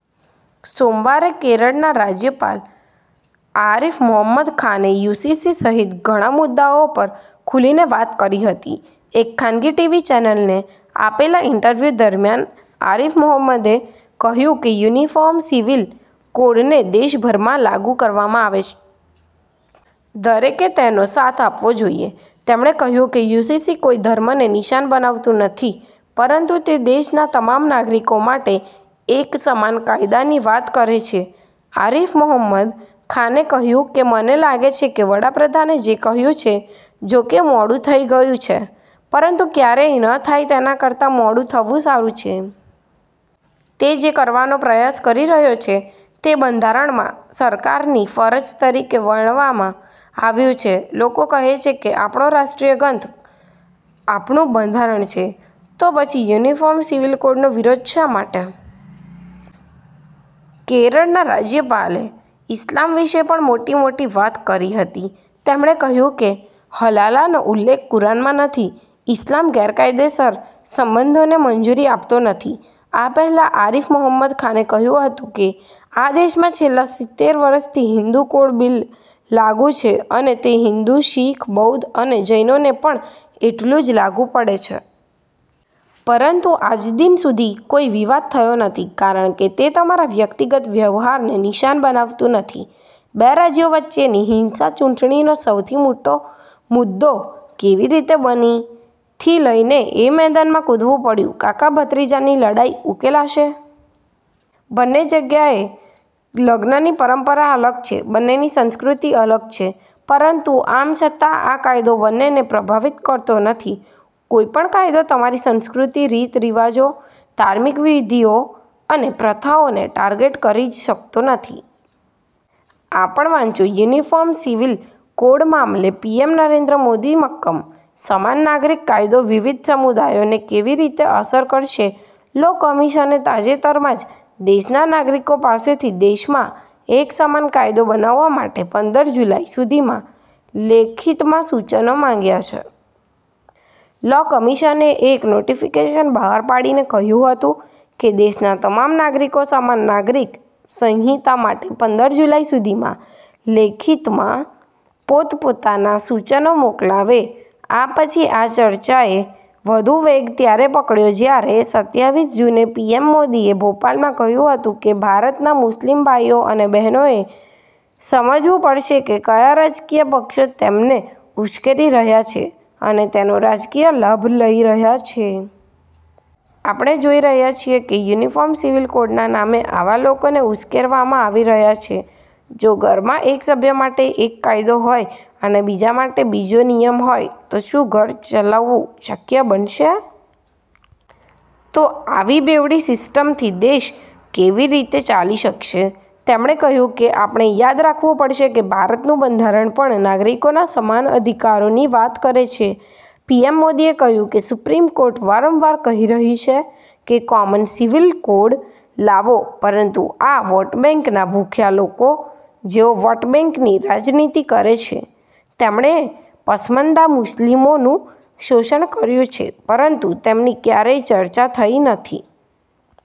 સોમવારે કેરળના રાજ્યપાલ આરિફ મોહમ્મદ ખાને યુસીસી સહિત ઘણા મુદ્દાઓ પર ખુલીને વાત કરી હતી. એક ખાનગી ટીવી ચેનલને આપેલા ઈન્ટરવ્યૂ દરમિયાન આરિફ મોહમ્મદે કહ્યું કે યુનિફોર્મ સિવિલ કોડને દેશભરમાં લાગુ કરવામાં આવે. દરેકે તેનો સાથ આપવો જોઈએ. તેમણે કહ્યું કે યુસીસી કોઈ ધર્મને નિશાન બનાવતું નથી, પરંતુ તે દેશના તમામ નાગરિકો માટે એક સમાન કાયદાની વાત કરે છે. આરિફ મોહમ્મદ ખાને કહ્યું કે મને લાગે છે કે વડાપ્રધાને જે કહ્યું છે, જોકે મોડું થઈ ગયું છે, પરંતુ ક્યારેય ન થાય તેના કરતાં મોડું થવું સારું છે. તે જે કરવાનો પ્રયાસ કરી રહ્યો છે તે બંધારણમાં સરકારની ફરજ તરીકે વર્ણવવામાં આવ્યું છે. લોકો કહે છે કે આપણો રાષ્ટ્રીય ગ્રંથ આપણું બંધારણ છે તો પછી યુનિફોર્મ સિવિલ કોડનો વિરોધ શા માટે? કેરળના રાજ્યપાલે ઇસ્લામ વિશે પણ મોટી મોટી વાત કરી હતી. તેમણે કહ્યું કે હલાલાનો ઉલ્લેખ કુરાનમાં નથી. ઇસ્લામ ગેરકાયદેસર સંબંધોને મંજૂરી આપતો નથી. આ પહેલા આરિફ મોહમ્મદ ખાને કહ્યું હતું કે આ દેશમાં છેલ્લા સિત્તેર વર્ષથી હિન્દુ કોડ બિલ લાગુ છે અને તે હિન્દુ, શીખ, બૌદ્ધ અને જૈનોને પણ એટલું જ લાગુ પડે છે. પરંતુ આજદિન સુધી કોઈ વિવાદ થયો નથી કારણ કે તે તમારા વ્યક્તિગત વ્યવહારને નિશાન બનાવતું નથી. બે રાજ્યો વચ્ચેની હિંસા ચૂંટણીનો સૌથી મોટો મુદ્દો કેવી રીતે બની? થી લઈને એ મેદાનમાં કૂદવું પડ્યું: કાકા-ભત્રીજાની લડાઈ ઉકેલાશે? બંને જગ્યાએ લગ્નની પરંપરા અલગ છે, બંનેની સંસ્કૃતિ અલગ છે, પરંતુ આમ છતાં આ કાયદો બન્નેને પ્રભાવિત કરતો નથી. કોઈ પણ કાયદો તમારી સંસ્કૃતિ, રીત રિવાજો, ધાર્મિક વિધિઓ અને પ્રથાઓને ટાર્ગેટ કરી જ શકતો નથી. આ પણ વાંચો યુનિફોર્મ સિવિલ કોડ મામલે પીએમ નરેન્દ્ર મોદી મક્કમ, સમાન નાગરિક કાયદો વિવિધ સમુદાયોને કેવી રીતે અસર કરશે લો કમિશને તાજેતરમાં જ દેશના નાગરિકો પાસેથી દેશમાં એક સમાન કાયદો બનાવવા માટે પંદર જુલાઈ સુધીમાં લેખિતમાં સૂચનો માંગ્યા છે. લો કમિશને એક નોટિફિકેશન બહાર પાડીને કહ્યું હતું કે દેશના તમામ નાગરિકો સમાન નાગરિક સંહિતા માટે પંદર જુલાઈ સુધીમાં લેખિતમાં પોત-પોતાના સૂચનો મોકલાવે. આ પછી આ ચર્ચાએ વધુ વેગ ત્યારે પકડ્યો જ્યારે સત્યાવીસ જૂને પીએમ મોદીએ ભોપાલમાં કહ્યું હતું કે ભારતના મુસ્લિમ ભાઈઓ અને બહેનોએ એ સમજવું પડશે કે કયા રાજકીય પક્ષો તેમને ઉશ્કેરી રહ્યા છે અને તેનો રાજકીય લાભ લઈ રહ્યા છે. આપણે જોઈ રહ્યા છીએ કે યુનિફોર્મ સિવિલ કોડના નામે આવા લોકોને ઉશ્કેરવામાં આવી રહ્યા છે. જો ઘરમાં એક સભ્ય માટે એક કાયદો હોય અને બીજા માટે બીજો નિયમ હોય તો શું ઘર ચલાવવું શક્ય બનશે? તો આવી બેવડી સિસ્ટમથી દેશ કેવી રીતે ચાલી શકશે? તેમણે કહ્યું કે આપણે યાદ રાખવું પડશે કે ભારતનું બંધારણ પણ નાગરિકોના સમાન અધિકારોની વાત કરે છે. પીએમ મોદીએ કહ્યું કે સુપ્રીમ કોર્ટ વારંવાર કહી રહી છે કે કોમન સિવિલ કોડ લાવો, પરંતુ આ વોટબેંકના ભૂખ્યા લોકો, જેઓ વોટબેંકની રાજનીતિ કરે છે તેમણે પસમંદા મુસ્લિમોનું શોષણ કર્યું છે પરંતુ તેમની ક્યારેય ચર્ચા થઈ નથી.